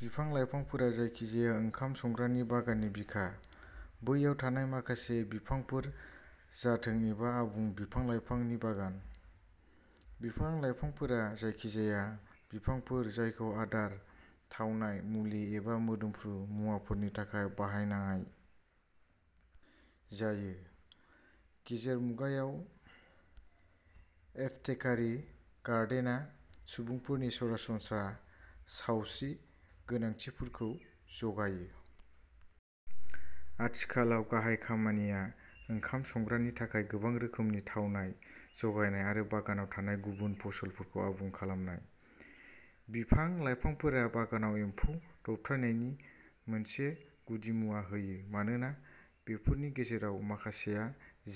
बिफां लाइफांफोरा जायखिजाया ओंखाम संग्रानि बागाननि बिखा, बैयाव थानाय माखासे बिफांफोर जाथों एबा आबुं बिफां लाइफांनि बागान। बिफां लाइफांफोरा जायखिजाया बिफांफोर जायखौ आदार, थावनाय, मुलि एबा मोदोमफ्रु मुवाफोरनि थाखाय बाहायनाय जायो। गेजेर मुगायाव एपथेकारि गार्डेना सुबुंफोरनि सरासनस्रा सावस्रि गोनांथिफोरखौ जगायो। आथिखालाव गाहाय खामानिया ओंखाम संग्रानि थाखाय गोबां रोखोमनि थावनाय जगायनाय आरो बागानाव थानाय गुबुन फसलफोरखौ आबुं खालामनाय। बिफां लाइफांफोरा बागानाव एमफौ दबथायनायनि मोनसे गुदिमुवा होयो मानोना बेफोरनि गेजेराव माखासेआ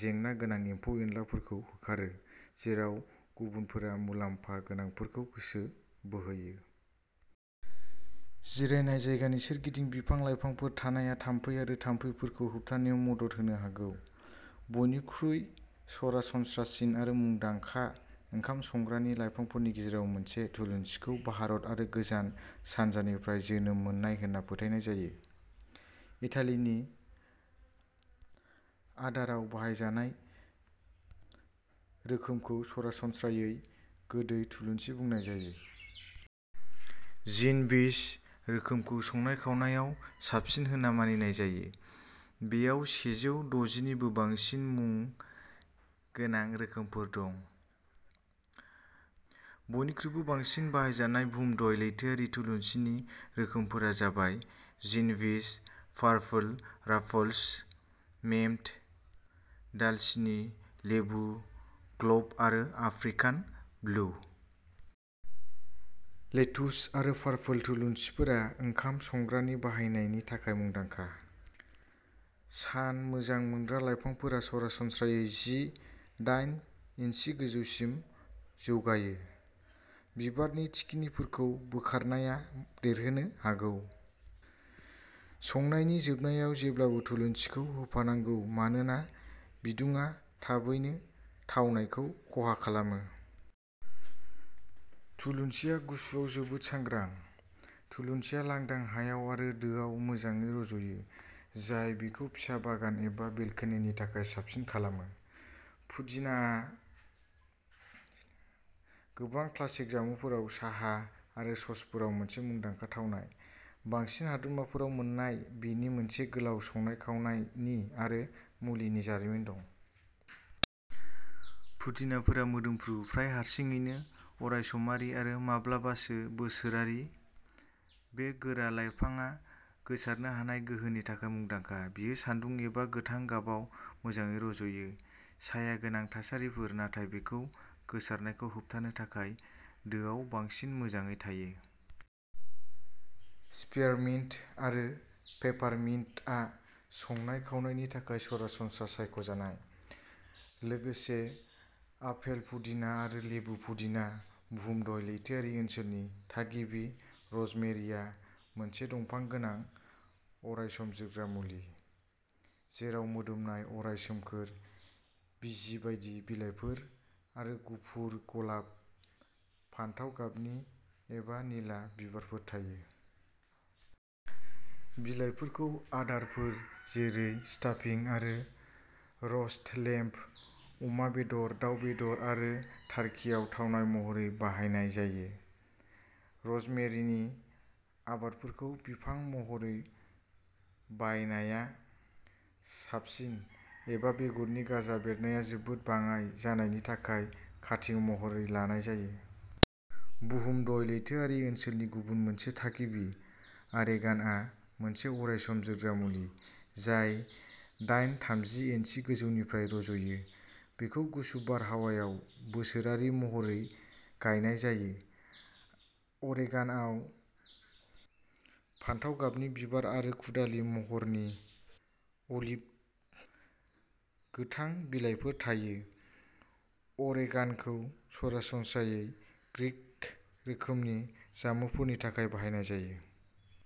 जेंना गोनां एम्फौ एनलाफोरखौ होखारो, जेराव गुबुनफोरा मुलाम्फा गोनांफोरखौ गोसो बोहोयो। जिरायनाय जायगानि सोरगिदिं बिफां लाइफांफोर थानाया थाम्फै आरो थाम्फैफोरखौ होबथानायाव मदद होनो हागौ। बयनिख्रुइ सरासनस्रासिन आरो मुंदांखा ओंखाम संग्रानि लाइफांफोरनि गेजेराव मोनसे, थुलुनसिखौ भारत आरो गोजान सानजानिफ्राय जोनोम मोननाय होनना फोथायनाय जायो। इटालिनि आदाराव बाहायजानाय रोखोमखौ सरासनस्रायै गोदै थुलुनसि बुंनाय जायो। जिन'विज रोखोमखौ संनाय खावनायाव साबसिन होनना मानिनाय जायो। बेयाव सेजौ द'जि निबो बांसिन मुं गोनां रोखोमफोर दं। बयनिख्रुइबो बांसिन बाहायजानाय भुमधय लैथोरि थुलुनसिनि रोखोमफोरा जाबाय जिन'विज, पार्पल राफल्स, मेमथ, दालसिनि, लेबु, ग्लब आरो आफ्रिकान ब्लु। लेटुस आरो पार्पल थुलुनसिफोरा ओंखाम संग्रानि बाहायनायनि थाखाय मुंदांखा। सान मोजां मोनग्रा लाइफांफोरा सरासनस्रायै जि दाइन इन्सि गोजौसिम जौगायो। बिबारनि थिखिनिफोरखौ बोखारनाया देरहोनो हागौ। संनायनि जोबनायाव जेब्लाबो थुलुनसिखौ होफानांगौ मानोना बिदुंआ थाबैनो थावनायखौ खहा खालामो। थुलुनसिआ गुसुआव जोबोद सांग्रां। थुलुनसिआ लांदां हायाव आरो दोआव मोजाङै रज'यो, जाय बेखौ फिसा बागान एबा बेलकोनिनि थाखाय साबसिन खालामो। पुदिना गोबां क्लासिक जामुंफोराव, साहा आरो ससफोराव मोनसे मुंदांखा थावनाय। बांसिन हादोरमाफोराव मोन्नाय बेनि मोनसे गोलाव संनाय खावनायनि आरो मुलिनि जारिमिन दं। पुदिनाफोरा मोदोमफ्रु, प्राय हारसिङैनो अरायसमारि आरो माब्लाबासो बोसोरारि। बे गोरा लाइफांआ गोसारनो हानाय गोहोनि थाखाय मुंदांखा। बेयो सान्दुं एबा गोथां गाबाव मोजाङै रज'यो। साया गोनां थासारिफोर नाथाय बेखौ गोसारनायखौ होबथानो थाखाय दोआव बांसिन मोजाङै थायो। स्पियारमिन्ट आरो पेपारमिन्टआ संनाय खावनायनि थाखाय सरासनस्रा सायख'जानाय। लोगोसे आपेल पुदिना आरो लेबु पुदिना। भुमधय लैथोआरि ओनसोलनि थागिबि, र'जमेरिआ मोनसे दंफां गोनां, अरायसम जोरग्रा मुलि, जेराव मोदोमनाय, अराय सोमखोर, बिजि बायदि बिलाइफोर आरो गुफुर, गलाब, फान्थाव गाबनि एबा निला बिबारफोर थायो। बिलाइफोरखौ आदारफोर जेरै स्टाफिं आरो र'स्ट लेम्ब, अमा बेदर, दाव बेदर आरो टार्किआव थावनाय महरै बाहायनाय जायो। र'जमेरिनि आबादफोरखौ बिफां महरै बायनाया साबसिन, एबा बेगरनि गाजा बेरनाया जोबोद बाङाइ जानायनि थाखाय काटिं महरै लानाय जायो। भुमधय लैथोआरि ओनसोलनि गुबुन मोनसे थागिबि, आरेगानआ मोनसे अरायसम जोरग्रा मुलि, जाय दाइन-थामजि इन्सि गोजौनिफ्राय रज'यो। बेखौ गुसु बारहावायाव बोसोरारि महरै गायनाय जायो। अरेगानआव फान्थाव गाबनि बिबार आरो कुदालि महरनि, अलिभ गोथां बिलाइफोर थायो। अरेगानखौ सरासनस्रायै ग्रिक रोखोमनि जामुंफोरनि थाखाय बाहायनाय जायो।